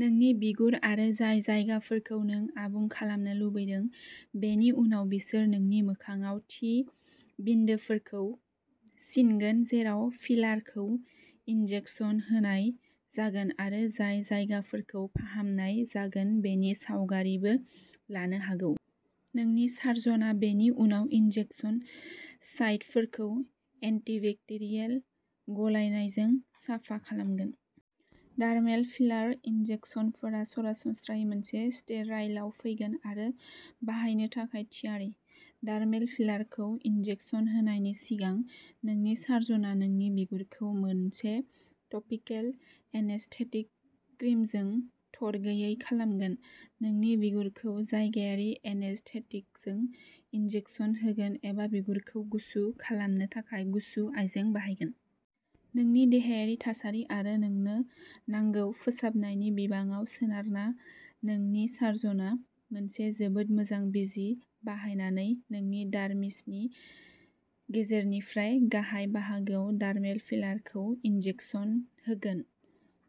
नोंनि बिगुर आरो जाय जायगाफोरखौ नों आबुं खालामनो लुबैदों। बेनि उनाव बिसोर नोंनि मोखांआव थि बिन्दोफोरखौ सिनगोन जेराव फिलारखौ इनजेकसन होनाय जागोन आरो जाय जायगाफोरखौ फाहामनाय जागोन बेनि सावगारिफोरबो लानो हागौ। नोंनि सार्जनआ बेनि उनाव इनजेकसन साइटफोरखौ एन्टिबेक्टेरियेल गलायनायजों साफा खालामगोन। डार्मेल फिलार इनजेकसनफोरा सरासनस्रायै मोनसे स्टेराइलआव फैगोन आरो बाहायनो थाखाय थियारि। डार्मेल फिलारखौ इनजेकसन होनायनि सिगां, नोंनि सार्जनआ नोंनि बिगुरखौ मोनसे टपिकेल एनेस्थेटिक क्रिमजों थरगैयै खालामगोन। नोंनि बिगुरखौ जायगायारि एनेस्थेटिकजों इनजेकसन होगोन एबा बिगुरखौ गुसु खालामनो थाखाय गुसु आइजें बाहायगोन। नोंनि देहायारि थासारि आरो नोंनो नांगौ फोसाबनायनि बिबाङाव सोनारना, नोंनि सार्जनआ मोनसे जोबोद मोजां बिजि बाहायनानै नोंनि डार्मिसनि गेजेरनिफ्राय गाहाय बाहागोआव डार्मेल फिलारखौ इनजेकसन होगोन।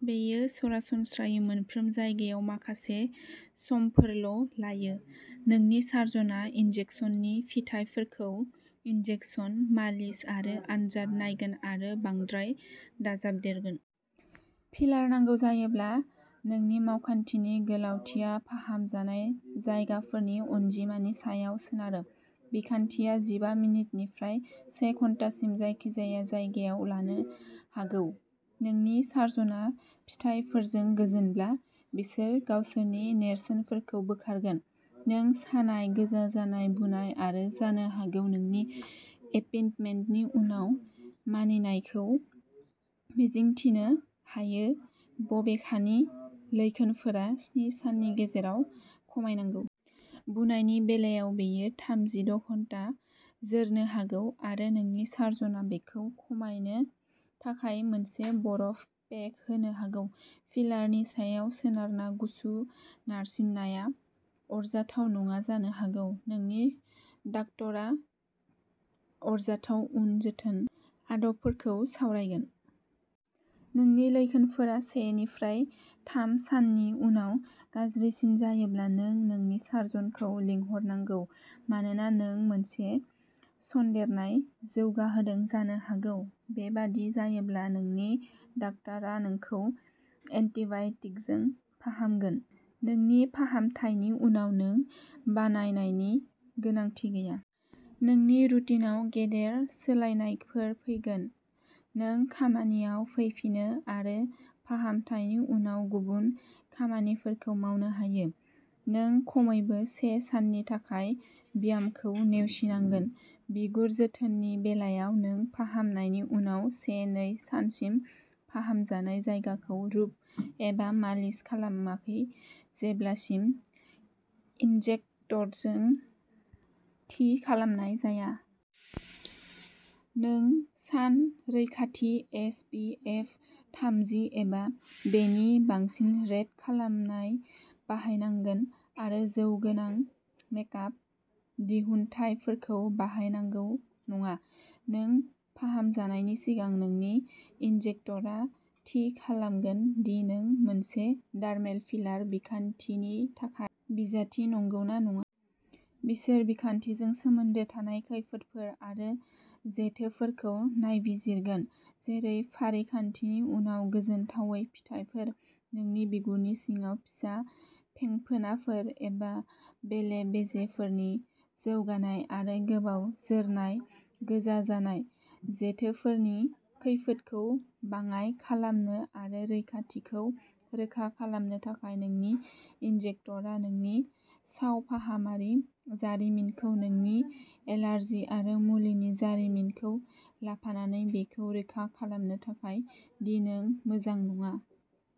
बेयो सरासनस्रायै मोनफ्रोम जायगायाव माखासे समफोरल'लायो। नोंनि सार्जनआ इनजेकसननि फिथायफोरखौ इनजेकसन, मालिस आरो आनजाद नायगोन आरो बांद्राय दाजाबदेरगोन। फिलार नांगौ जायोब्ला। नोंनि मावखान्थिनि गोलावथिया फाहामजानाय जायगाफोरनि अनजिमानि सायाव सोनारो। बिखान्थिया जिबा मिनिटनिफ्राय से घन्टासिम जायखिजाया जायगायाव लानो हागौ। नोंनि सार्जनआ फिथायफोरजों गोजोनब्ला, बिसोर गावसोरनि नेरसोनफोरखौ बोखारगोन। नों सानाय, गोजा जानाय, बुनाय आरो जानो हागौ नोंनि एपेन्टमेन्टनि उनाव मानिनायखौ मिजिंथिनो हायो बबेखानि लैखोनफोरा स्नि साननि गेजेराव खमायनांगौ। बुनायनि बेलायाव बेयो थाम जिद' घन्टा जोरनो हागौ आरो नोंनि सार्जनआ बेखौ खमायनो थाखाय मोनसे बरफ पेक होनो हागौ। फिलारनि सायाव सोनारना गुसु नारसिननाया अरजाथाव नङा जानो हागौ। नोंनि डाक्टारआ आरजाथाव उन जोथोन अदबफोरखौ सावरायगोन। नोंनि लैखोनफोरा से निफ्राय थाम साननि उनाव गाज्रिसिन जायोब्ला नों नोंनि सार्जनखौ लिंहरनांगौ मानोना नों मोनसे सन्देरनाय जौगाहोदों जानो हागौ। बेबादि जायोब्ला नोंनि डाक्टारआ नोंखौ एन्टिबाय'टिकजों फाहामगोन। नोंनि फाहामथायनि उनाव नों बानायनायनि गोनांथि गैया। नोंनि रुटिनआव गेदेर सोलायनायफोर फैगोन। नों खामानियाव फैफिनो आरो फाहामथायनि उनाव गुबुन खामानिफोरखौ मावनो हायो। नों खमैबो से साननि थाखाय ब्यामखौ नेवसिनांगोन। बिगुर जोथोननि बेलायाव नों फाहामनायनि उनाव से, नै सानसिम फाहामजानाय जायगाखौ रुब एबा मालिस खालामाखै जेब्लासिम इन्जेक्टरजों थि खालामनाय जाया। नों सान रैखाथि एस. पि. एफ. थामजि एबा बेनि बांसिन रेट खालामनाय बाहायनांगोन आरो जौ गोनां मेकआप दिहुनथायफोरखौ बाहायनांगौ नङा। नों फाहामजानायनि सिगां नोंनि इन्जेक्टरआ थि खालामगोन दि नों मोनसे डार्मेल फिलार बिखान्थिनि थाखाय बिजाथि नंगौना नङा। बिसोर बिखान्थिजों सोमोन्दो थानाय खैफोदफोर आरो जेथोफोरखौ नायबिजिरगोन। जेरै फारिखान्थिनि उनाव गोजोनथावै फिथायफोर नोंनि बिगुरनि सिङाव फिसा फेंफोनाफोर एबा बेले-बेजेफोरनि जौगानाय आरो गोबाव जोरनाय गोजा जानाय। जेथोफोरनि खैफोदखौ बाङाइ खालामनो आरो रैखाथिखौ रोखा खालामनो थाखाय नोंनि इन्जेक्टरआ नोंनि सावफाहामारि जारिमिनखौ नोंनि एलार्जि आरो मुलिनि जारिमिनखौ लाफानानै, बेखौ रोखा खालामनो थाखाय दि नों मोजां नङा।